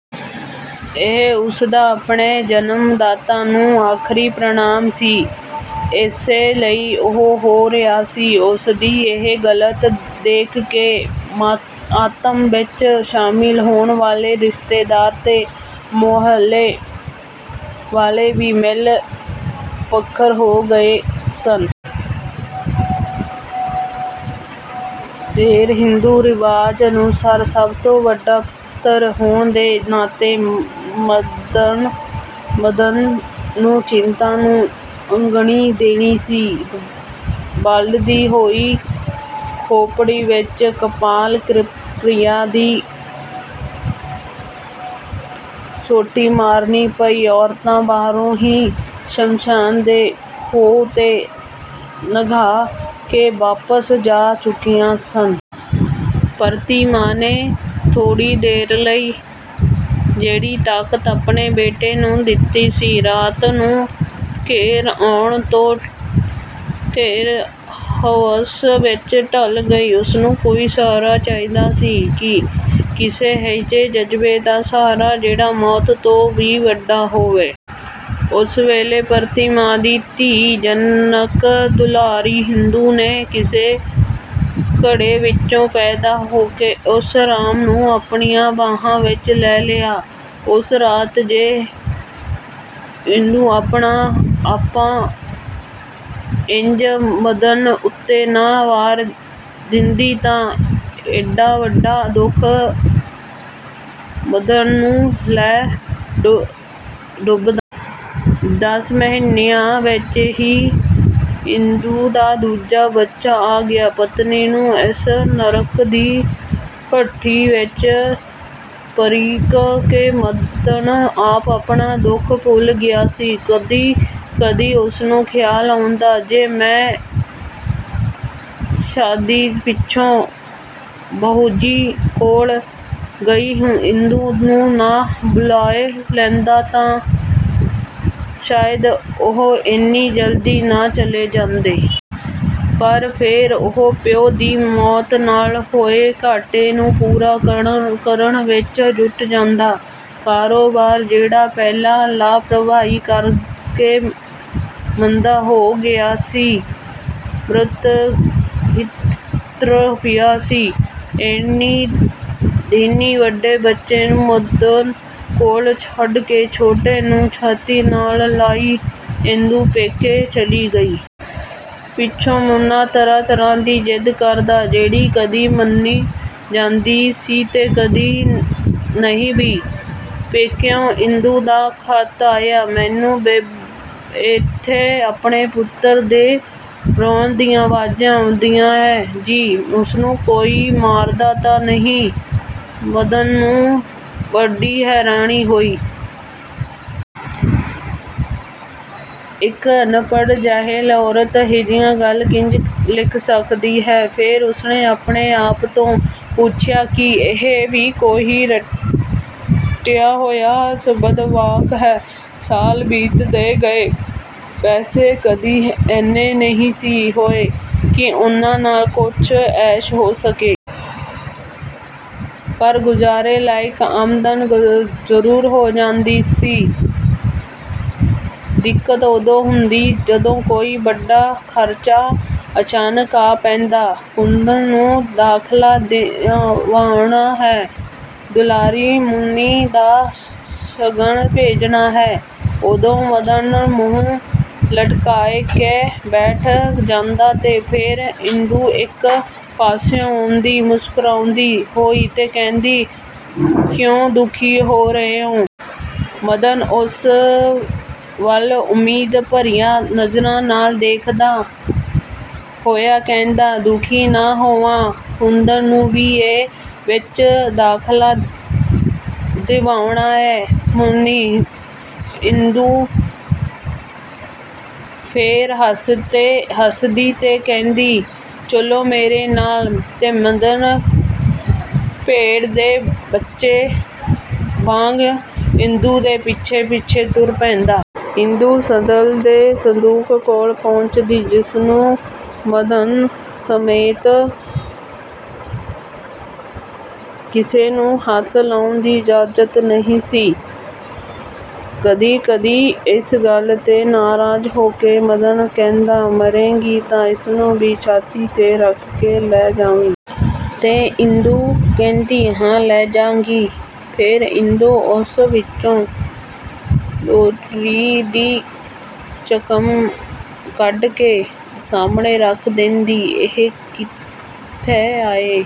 ਇਹ ਉਸਦਾ ਆਪਣੇ ਜਨਮ ਦਾਤਾ ਨੂੰ ਆਖ਼ਰੀ ਪ੍ਰਣਾਮ ਸੀ ਇਸੇ ਲਈ ਉਹ ਰੋ ਰਿਹਾ ਸੀ। ਉਸਦੀ ਇਹ ਗਲਤ ਦੇਖ ਕੇ ਆਤਮ ਵਿਚ ਸ਼ਾਮਿਲ ਹੋਣ ਵਾਲੇ ਰਿਸ਼ਤੇਦਾਰ ਤੇ ਮੁਹੱਲੇ ਵਾਲੇ ਵੀ ਸਿਲ–ਪੱਥਰ ਹੋ ਗਏ ਸਨ। ਫੇਰ ਹਿੰਦੂ ਰਿਵਾਜ਼ ਅਨੁਸਾਰ ਸਭ ਤੋਂ ਵੱਡਾ ਪੁੱਤਰ ਹੋਣ ਦੇ ਨਾਤੇ ਮਦਨ ਨੂੰ ਚਿਤਾ ਨੂੰ ਅੱਗਨੀ ਦੇਣੀ ਪਈ। ਬਲਦੀ ਹੋਈ ਖੋਪੜੀ ਵਿਚ ਕਪਾਲ ਕ੍ਰਿਆ ਦੀ ਸੋਟੀ ਮਾਰਨੀ ਪਈ… ਔਰਤਾਂ ਬਾਹਰੋਂ ਹੀ ਸ਼ਮਸ਼ਾਨ ਦੇ ਖੂਹ 'ਤੇ ਨਹਾਅ ਕੇ ਵਾਪਸ ਜਾ ਚੁੱਕੀਆਂ ਸਨ। ਧਰਤੀ ਮਾਂ ਨੇ ਥੋੜ੍ਹੀ ਦੇਰ ਲਈ ਜਿਹੜੀ ਤਾਕਤ ਆਪਣੇ ਬੇਟੇ ਨੂੰ ਦਿਤੀ ਸੀ, ਰਾਤ ਘਿਰ ਆਉਣ ਤੇ ਫੇਰ ਹਵਸ ਵਿਚ ਢਲ ਗਈ… ਉਸਨੂੰ ਕੋਈ ਸਹਾਰਾ ਚਾਹੀਦਾ ਸੀ। ਕਿਸੇ ਅਜਿਹੇ ਜਜ਼ਬੇ ਦਾ ਸਹਾਰਾ, ਜਿਹੜਾ ਮੌਤ ਤੋਂ ਵੀ ਵੱਡਾ ਹੋਵੇ। ਉਸ ਵੇਲੇ ਧਰਤੀ ਮਾਂ ਦੀ ਧੀ, ਜਨਕ ਦੁਲਾਰੀ ਇੰਦੂ ਨੇ ਕਿਸੇ ਘੜੇ ਵਿਚੋਂ ਪੈਦਾ ਹੋ ਕੇ ਉਸ ਰਾਮ ਨੂੰ ਆਪਣੀਆਂ ਬਾਹਾਂ ਵਿਚ ਲੈ ਲਿਆ… ਉਸ ਰਾਤ ਜੇ ਇੰਦੂ ਆਪਣਾ ਆਪਾ ਇੰਜ ਮਦਨ ਉੱਤੇ ਨਾ ਵਾਰ ਦਿੰਦੀ ਤਾਂ ਏਡਾ ਵੱਡਾ ਦੁੱਖ ਮਦਨ ਨੂੰ ਲੈ ਡੁੱਬਦਾ। ਦਸ ਮਹੀਨਿਆਂ ਵਿਚ ਹੀ ਇੰਦੂ ਦਾ ਦੂਜਾ ਬੱਚਾ ਆ ਗਿਆ। ਪਤਨੀ ਨੂੰ ਇਸ ਨਰਕ ਦੀ ਭੱਠੀ ਵਿਚ ਧਰੀਕ ਕੇ ਮਦਨ ਆਪ ਆਪਣਾ ਦੁੱਖ ਭੁੱਲ ਗਿਆ ਸੀ। ਕਦੀ ਕਦੀ ਉਸਨੂੰ ਖ਼ਿਆਲ ਆਉਂਦਾ, ਜੇ ਮੈਂ ਸ਼ਾਦੀ ਪਿੱਛੋਂ ਬਾਊਜੀ ਕੋਲ ਗਈ ਇੰਦੂ ਨੂੰ ਨਾ ਬੁਲਾਅ ਲੈਂਦਾ ਤਾਂ ਸ਼ਾਇਦ ਉਹ ਏਨੀ ਜਲਦੀ ਨਾ ਚਲੇ ਜਾਂਦੇ। ਪਰ ਫੇਰ ਉਹ ਪਿਓ ਦੀ ਮੌਤ ਨਾਲ ਹੋਏ ਘਾਟੇ ਨੂੰ ਪੂਰਾ ਕਰਨ ਵਿਚ ਜੁਟ ਜਾਂਦਾ… ਕਾਰੋਬਾਰ, ਜਿਹੜਾ ਪਹਿਲਾਂ ਲਾਪ੍ਰਵਾਹੀ ਕਰਕੇ ਮੰਦਾ ਹੋ ਗਿਆ ਸੀ, ਮੁੜ ਰਿੜ੍ਹ ਪਿਆ ਸੀ। ਇਹਨੀਂ ਦਿਨੀ ਵੱਡੇ ਬੱਚੇ ਨੂੰ ਮਦਨ ਕੋਲ ਛੱਡ ਕੇ, ਛੋਟੇ ਨੂੰ ਛਾਤੀ ਨਾਲ ਲਾਈ ਇੰਦੂ ਪੇਕੇ ਚਲੀ ਗਈ। ਪਿੱਛੇ ਮੁੰਨਾਂ ਤਰ੍ਹਾਂ–ਤਰ੍ਹਾਂ ਦੀ ਜ਼ਿਦ ਕਰਦਾ, ਜਿਹੜੀ ਕਦੀ ਮੰਨੀ ਜਾਂਦੀ ਸੀ ਤੇ ਕਦੀ ਨਹੀਂ ਵੀ। ਪੇਕਿਓਂ ਇੰਦੂ ਦਾ ਖ਼ਤ ਆਇਆ- 'ਮੈਨੂੰ ਏਥੇ ਆਪਣੇ ਪੁੱਤਰ ਦੇ ਰੋਣ ਦੀਆਂ ਆਵਾਜ਼ਾਂ ਆਉਂਦੀਐਂ ਜੀ, ਉਸਨੂੰ ਕੋਈ ਮਾਰਦਾ ਤਾਂ ਨਹੀਂ… ' ਮਦਨ ਨੂੰ ਬੜੀ ਹੈਰਾਨੀ ਹੋਈ। ਇਕ ਅਣਪੜ੍ਹ, ਜਾਹਿਲ ਔਰਤ ਅਜਿਹੀਆਂ ਗੱਲ ਕਿੰਜ ਲਿਖ ਸਕਦੀ ਹੈ? ਫੇਰ ਉਸਨੇ ਆਪਣੇ ਆਪ ਤੋਂ ਪੁੱਛਿਆ-'ਕੀ ਇਹ ਵੀ ਕੋਈ ਰਟਿਆ ਹੋਇਆ ਸ਼ਬਦ–ਵਾਕ ਹੈ? ' ਸਾਲ ਬੀਤਦੇ ਗਏ। ਪੈਸੇ ਕਦੀ ਏਨੇ ਨਹੀਂ ਸੀ ਹੋਏ ਕਿ ਉਹਨਾਂ ਨਾਲ ਕੁਝ ਐਸ਼ ਹੋ ਸਕੇ। ਪਰ ਗੁਜਾਰੇ ਲਾਇਕ ਆਮਦਨ ਜ਼ਰੂਰ ਹੋ ਜਾਂਦੀ ਸੀ। ਦਿੱਕਤ ਉਦੋਂ ਹੁੰਦੀ ਜਦੋਂ ਕੋਈ ਵੱਡਾ ਖ਼ਰਚਾ ਅਚਾਨਕ ਆ ਪੈਂਦਾ… ਕੁੰਦਨ ਨੂੰ ਦਾਖ਼ਲਾ ਦਿਵਾਉਣਾ ਹੈ, ਦੁਲਾਰੀ ਮੁੰਨੀ ਦਾ ਸ਼ਗਨ ਭੇਜਣਾ ਹੈ। ਉਦੋਂ ਮਦਨ ਮੂੰਹ ਲਟਕਾਅ ਕੇ ਬੈਠ ਜਾਂਦਾ ਤੇ ਫੇਰ ਇੰਦੂ ਇਕ ਪਾਸਿਓਂ ਆਉਂਦੀ ਮੁਸਕਰਾਉਂਦੀ ਹੋਈ ਤੇ ਕਹਿੰਦੀ, "ਕਿਉਂ ਦੁਖੀ ਹੋ ਰਹੇ ਓ? " ਮਦਨ ਉਸ ਵੱਲ ਉਮੀਦ ਭਰੀਆਂ ਨਜ਼ਰਾਂ ਨਾਲ ਦੇਖਦਾ ਹੋਇਆ ਕਹਿੰਦਾ, "ਦੁਖੀ ਨਾ ਹੋਵਾਂ? ਕੁੰਦਨ ਨੂੰ ਬੀ. ਏ. ਵਿਚ ਦਾਖਲਾ ਦਿਵਾਉਣਾ ਏਂ… ਮੁੰਨੀ… " ਇੰਦੂ ਫੇਰ ਹੱਸਦੀ ਤੇ ਕਹਿੰਦੀ, "ਚੱਲੋ ਮੇਰੇ ਨਾਲ। " ਤੇ ਮਦਨ ਭੇਡ ਦੇ ਬੱਚੇ ਵਾਂਗ ਇੰਦੂ ਦੇ ਪਿੱਛੇ–ਪਿੱਛੇ ਤੁਰ ਪੈਂਦਾ। ਇਦੂ ਸੰਦਲ ਦੇ ਸੰਦੂਕ ਕੋਲ ਪਹੁੰਚਦੀ, ਜਿਸਨੂੰ ਮਦਨ ਸਮੇਤ ਕਿਸੇ ਨੂੰ ਹੱਥ ਲਾਉਣ ਦੀ ਇਜਾਜ਼ਤ ਨਹੀਂ ਸੀ। ਕਦੀ ਕਦੀ ਇਸ ਗੱਲ 'ਤੇ ਨਾਰਾਜ਼ ਹੋ ਕੇ ਮਦਨ ਕਹਿੰਦਾ-"ਮਰੇਂਗੀ ਤਾਂ ਇਸ ਨੂੰ ਵੀ ਛਾਤੀ 'ਤੇ ਰੱਖ ਕੇ ਲੈ ਜਾਵੀਂ। " ਤੇ ਇੰਦੂ ਕਹਿੰਦੀ-"ਹਾਂ ਲੈ ਜਾਂ–ਗੀ। " ਫੇਰ ਇੰਦੂ ਉਸ ਵਿਚੋਂ ਲੋੜੀਂਦੀ ਚਕਮ ਕੱਢ ਕੇ ਸਾਹਮਣੇ ਰੱਖ ਦੇਂਦੀ। "ਇਹ ਕਿੱਥੋਂ ਆਏ?